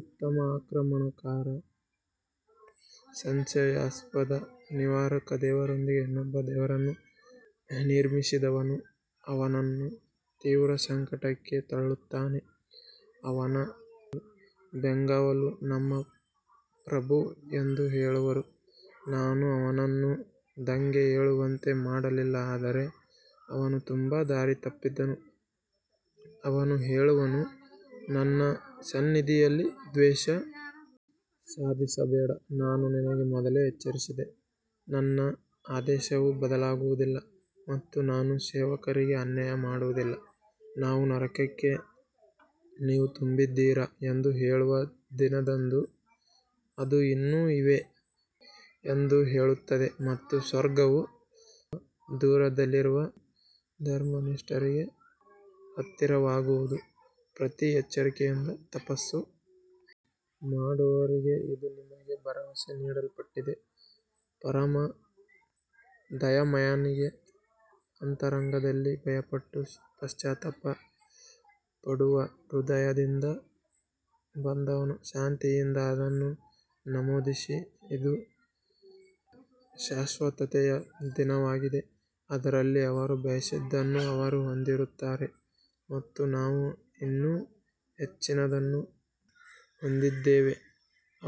ಉತ್ತಮ ಆಕ್ರಮಣಕಾರ ಸಂಶಯಾಸ್ಪದ ನಿವಾರಕ ದೇವರೊಂದಿಗೆ ಇನ್ನೊಬ್ಬ ದೇವರನ್ನು ನಿರ್ಮಿಸಿದವನು ಅವನನ್ನು ತೀವ್ರ ಸಂಕಟಕ್ಕೆ ತಳ್ಳುತ್ತಾನೆ ಅವನ ಬೆಂಗಾವಲು ನಮ್ಮ ಪ್ರಭು ಎಂದು ಹೇಳುವರು, ನಾನು ಅವನನ್ನು ದಂಗೆ ಏಳುವಂತೆ ಮಾಡಲಿಲ್ಲ ಆದರೆ ಅವನು ತುಂಬಾ ದಾರಿ ತಪ್ಪಿದ್ದನು ಅವನು ಹೇಳುವನು, ನನ್ನ ಸನ್ನಿಧಿಯಲ್ಲಿ ದ್ವೇಷ ಸಾಧಿಸಬೇಡ, ನಾನು ನಿನಗೆ ಮೊದಲೇ ಎಚ್ಚರಿಸಿದ್ದೆ ನನ್ನ ಆದೇಶವು ಬದಲಾಗುವುದಿಲ್ಲ ಮತ್ತು ನಾನು ಸೇವಕರಿಗೆ ಅನ್ಯಾಯ ಮಾಡುವುದಿಲ್ಲ ನಾವು ನರಕಕ್ಕೆ ನೀವು ತುಂಬಿದ್ದೀರಾ ಎಂದು ಹೇಳುವ ದಿನದಂದು ಅದು ಇನ್ನೂ ಇವೆ ಎಂದು ಹೇಳುತ್ತದೆ ಮತ್ತು ಸ್ವರ್ಗವು ದೂರದಲ್ಲಿರುವ ಧರ್ಮನಿಷ್ಠರಿಗೆ ಹತ್ತಿರವಾಗುವುದು ಪ್ರತಿ ಎಚ್ಚರಿಕೆಯಿಂದ ತಪಸ್ಸು ಮಾಡುವವರಿಗೆ ಇದು ನಿಮಗೆ ಭರವಸೆ ನೀಡಲ್ಪಟ್ಟಿದೆ ಪರಮ ದಯಾಮಯನಿಗೆ ಅಂತರಂಗದಲ್ಲಿ ಭಯಪಟ್ಟು ಪಶ್ಚಾತ್ತಾಪ ಪಡುವ ಹೃದಯದಿಂದ ಬಂದವನು ಶಾಂತಿಯಿಂದ ಅದನ್ನು ನಮೂದಿಸಿ ಇದು ಶಾಶ್ವತತೆಯ ದಿನವಾಗಿದೆ ಅದರಲ್ಲಿ ಅವರು ಬಯಸಿದ್ದನ್ನು ಅವರು ಹೊಂದಿರುತ್ತಾರೆ ಮತ್ತು ನಾವು ಇನ್ನೂ ಹೆಚ್ಚಿನದನ್ನು ಹೊಂದಿದ್ದೇವೆ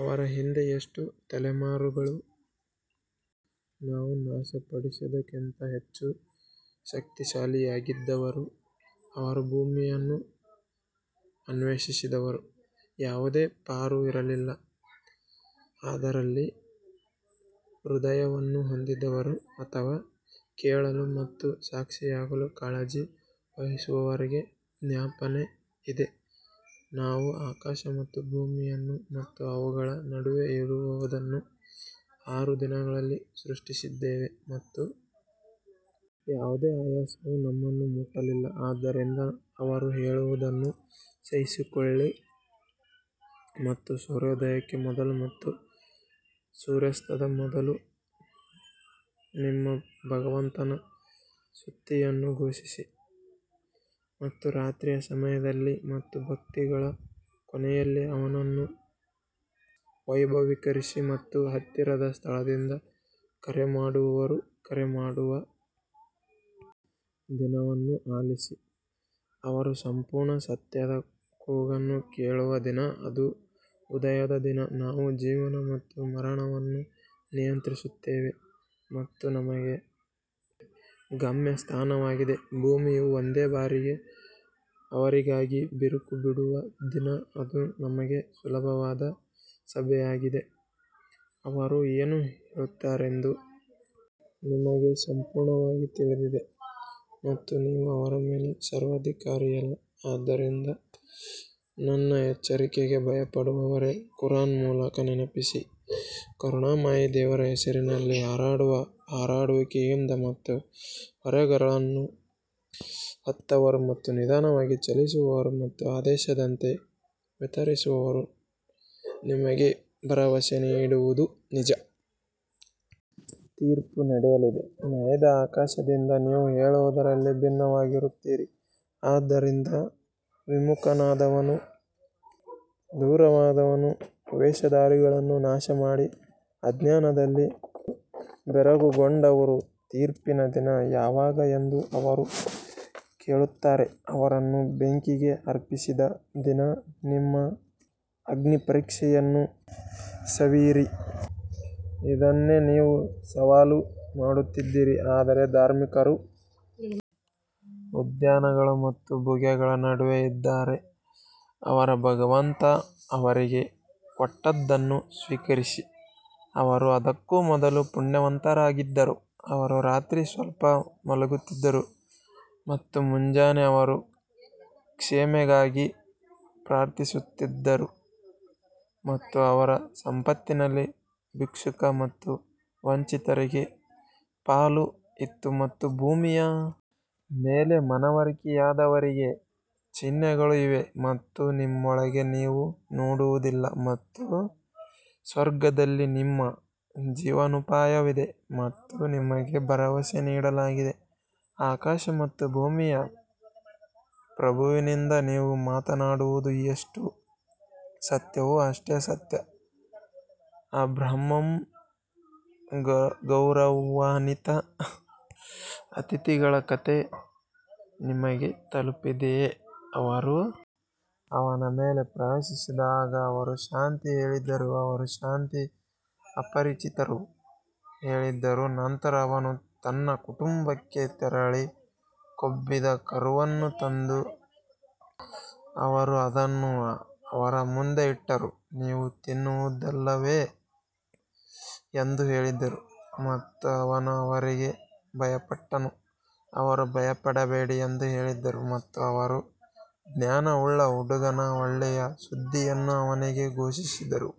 ಅವರ ಹಿಂದೆ ಎಷ್ಟು ತಲೆಮಾರುಗಳು ನಾವು ನಾಶಪಡಿಸಿದ್ದಕ್ಕಿಂತ ಹೆಚ್ಚು ಶಕ್ತಿಶಾಲಿಯಾಗಿದ್ದವರು ಅವರು ಭೂಮಿಯನ್ನು ಅನ್ವೇಷಿಸಿದರು ಯಾವುದೇ ಪಾರು ಇರಲಿಲ್ಲ ಅದರಲ್ಲಿ ಹೃದಯವನ್ನು ಹೊಂದಿರುವ ಅಥವಾ ಕೇಳಲು ಮತ್ತು ಸಾಕ್ಷಿಯಾಗಲು ಕಾಳಜಿ ವಹಿಸುವವರಿಗೆ ಜ್ಞಾಪನೆ ಇದೆ ನಾವು ಆಕಾಶ ಮತ್ತು ಭೂಮಿಯನ್ನು ಮತ್ತು ಅವುಗಳ ನಡುವೆ ಇರುವದನ್ನು ಆರು ದಿನಗಳಲ್ಲಿ ಸೃಷ್ಟಿಸಿದ್ದೇವೆ ಮತ್ತು ಯಾವುದೇ ಆಯಾಸವು ನಮ್ಮನ್ನು ಮುಟ್ಟಲಿಲ್ಲ ಆದ್ದರಿಂದ ಅವರು ಹೇಳುವುದನ್ನು ಸಹಿಸಿಕೊಳ್ಳಿ ಮತ್ತು ಸೂರ್ಯೋದಯಕ್ಕೆ ಮೊದಲು ಮತ್ತು ಸೂರ್ಯಾಸ್ತದ ಮೊದಲು ನಿಮ್ಮ ಭಗವಂತನ ಸ್ತುತಿಯನ್ನು ಘೋಷಿಸಿ ಮತ್ತು ರಾತ್ರಿಯ ಸಮಯದಲ್ಲಿ ಮತ್ತು ಭಕ್ತಿಗಳ ಕೊನೆಯಲ್ಲಿ ಅವನನ್ನು ವೈಭವೀಕರಿಸಿ ಮತ್ತು ಹತ್ತಿರದ ಸ್ಥಳದಿಂದ ಕರೆ ಮಾಡುವವರು ಕರೆ ಮಾಡುವ ದಿನವನ್ನು ಆಲಿಸಿ ಅವರು ಸಂಪೂರ್ಣ ಸತ್ಯದ ಕೂಗನ್ನು ಕೇಳುವ ದಿನ ಅದು ಉದಯದ ದಿನ ನಾವು ಜೀವನ ಮತ್ತು ಮರಣವನ್ನು ನಿಯಂತ್ರಿಸುತ್ತೇವೆ ಮತ್ತು ನಮಗೆ ಗಮ್ಯಸ್ಥಾನವಾಗಿದೆ ಭೂಮಿಯು ಒಂದೇ ಬಾರಿಗೆ ಅವರಿಗಾಗಿ ಬಿರುಕು ಬಿಡುವ ದಿನ ಅದು ನಮಗೆ ಸುಲಭವಾದ ಸಭೆಯಾಗಿದೆ ಅವರು ಏನು ಹೇಳುತ್ತಾರೆಂದು ನಮಗೆ ಸಂಪೂರ್ಣವಾಗಿ ತಿಳಿದಿದೆ ಮತ್ತು ನೀವು ಅವರ ಮೇಲೆ ಸರ್ವಾಧಿಕಾರಿಯಲ್ಲ ಆದ್ದರಿಂದ ನನ್ನ ಎಚ್ಚರಿಕೆಗೆ ಭಯಪಡುವವರಿಗೆ ಕುರಾನ್ ಮೂಲಕ ನೆನಪಿಸಿ ಕರುಣಾಮಯಿ ದೇವರ ಹೆಸರಿನಲ್ಲಿ ಹರಡುವ ಹರಡುವಿಕೆಯಿಂದ ಮತ್ತು ಹೊರೆಗಳನ್ನು ಹೊತ್ತವರು ಮತ್ತು ನಿಧಾನವಾಗಿ ಚಲಿಸುವವರು ಮತ್ತು ಆದೇಶದಂತೆ ವಿತರಿಸುವವರು ನಿಮಗೆ ಭರವಸೆ ನೀಡಿರುವುದು ನಿಜ ತೀರ್ಪು ನಡೆಯಲಿದೆ ನೇಯ್ದ ಆಕಾಶದಿಂದ ನೀವು ಹೇಳುವುದರಲ್ಲಿ ಭಿನ್ನವಾಗಿರುತ್ತೀರಿ ಅದರಿಂದ ವಿಮುಖನಾದವನು ದೂರವಾದವನು ವೇಷಧಾರಿಗಳನ್ನು ನಾಶಮಾಡಿ ಅಜ್ಞಾನದಲ್ಲಿ ಬೆರಗುಗೊಂಡವರು ತೀರ್ಪಿನ ದಿನ ಯಾವಾಗ ಎಂದು ಅವರು ಕೇಳುತ್ತಾರೆ ಅವರನ್ನು ಬೆಂಕಿಗೆ ಅರ್ಪಿಸಿದ ದಿನ ನಿಮ್ಮ ಅಗ್ನಿಪರೀಕ್ಷೆಯನ್ನು ಸವಿಯಿರಿ ಇದನ್ನೇ ನೀವು ಸವಾಲು ಮಾಡುತ್ತಿದ್ದೀರಿ ಆದರೆ ಧಾರ್ಮಿಕರು ಉದ್ಯಾನಗಳು ಮತ್ತು ಬುಗ್ಗೆಗಳ ನಡುವೆ ಇದ್ದಾರೆ ಅವರ ಭಗವಂತ ಅವರಿಗೆ ಕೊಟ್ಟದ್ದನ್ನು ಸ್ವೀಕರಿಸಿ ಅವರು ಅದಕ್ಕೂ ಮೊದಲು ಪುಣ್ಯವಂತರಾಗಿದ್ದರು ಅವರು ರಾತ್ರಿ ಸ್ವಲ್ಪ ಮಲಗುತ್ತಿದ್ದರು ಮತ್ತು ಮುಂಜಾನೆ ಅವರು ಕ್ಷಮೆಗಾಗಿ ಪ್ರಾರ್ಥಿಸುತ್ತಿದ್ದರು ಮತ್ತು ಅವರ ಸಂಪತ್ತಿನಲ್ಲಿ ಭಿಕ್ಷುಕ ಮತ್ತು ವಂಚಿತರಿಗೆ ಪಾಲು ಇತ್ತು ಮತ್ತು ಭೂಮಿಯ ಮೇಲೆ ಮನವರಿಕೆಯಾದವರಿಗೆ ಚಿಹ್ನೆಗಳು ಇವೆ ಮತ್ತು ನಿಮ್ಮೊಳಗೆ ನೀವು ನೋಡುವುದಿಲ್ಲ ಮತ್ತು ಸ್ವರ್ಗದಲ್ಲಿ ನಿಮ್ಮ ಜೀವನೋಪಾಯವಿದೆ ಮತ್ತು ನಿಮಗೆ ಭರವಸೆ ನೀಡಲಾಗಿದೆ ಆಕಾಶ ಮತ್ತು ಭೂಮಿಯ ಪ್ರಭುವಿನಿಂದ, ನೀವು ಮಾತನಾಡುವುದು ಎಷ್ಟು ಸತ್ಯವೋ ಅಷ್ಟೇ ಸತ್ಯ ಅಬ್ರಹಾಂ ಗೌರವಾನ್ವಿತ ಅತಿಥಿಗಳ ಕಥೆ ನಿಮಗೆ ತಲುಪಿದೆಯೇ ಅವರು ಅವನ ಮೇಲೆ ಪ್ರವೇಶಿಸಿದಾಗ ಅವರು ಶಾಂತಿ ಹೇಳಿದರು ಅವರು ಶಾಂತಿ ಅಪರಿಚಿತರು ಹೇಳಿದರು ನಂತರ ಅವನು ತನ್ನ ಕುಟುಂಬಕ್ಕೆ ತೆರಳಿ ಕೊಬ್ಬಿದ ಕರುವನ್ನು ತಂದನು ಅವರು ಅದನ್ನು ಅವರ ಮುಂದೆ ಇಟ್ಟರು, ನೀವು ತಿನ್ನುವುದಿಲ್ಲವೇ ಎಂದು ಹೇಳಿದರು ಮತ್ತು ಅವನು ಅವರಿಗೆ ಭಯಪಟ್ಟನು, ಅವರು ಭಯಪಡಬೇಡಿ ಎಂದು ಹೇಳಿದರು ಮತ್ತು ಅವರು ಜ್ಞಾನವುಳ್ಳ ಹುಡುಗನ ಒಳ್ಳೆಯ ಸುದ್ದಿಯನ್ನು ಅವನಿಗೆ ಘೋಷಿಸಿದರು.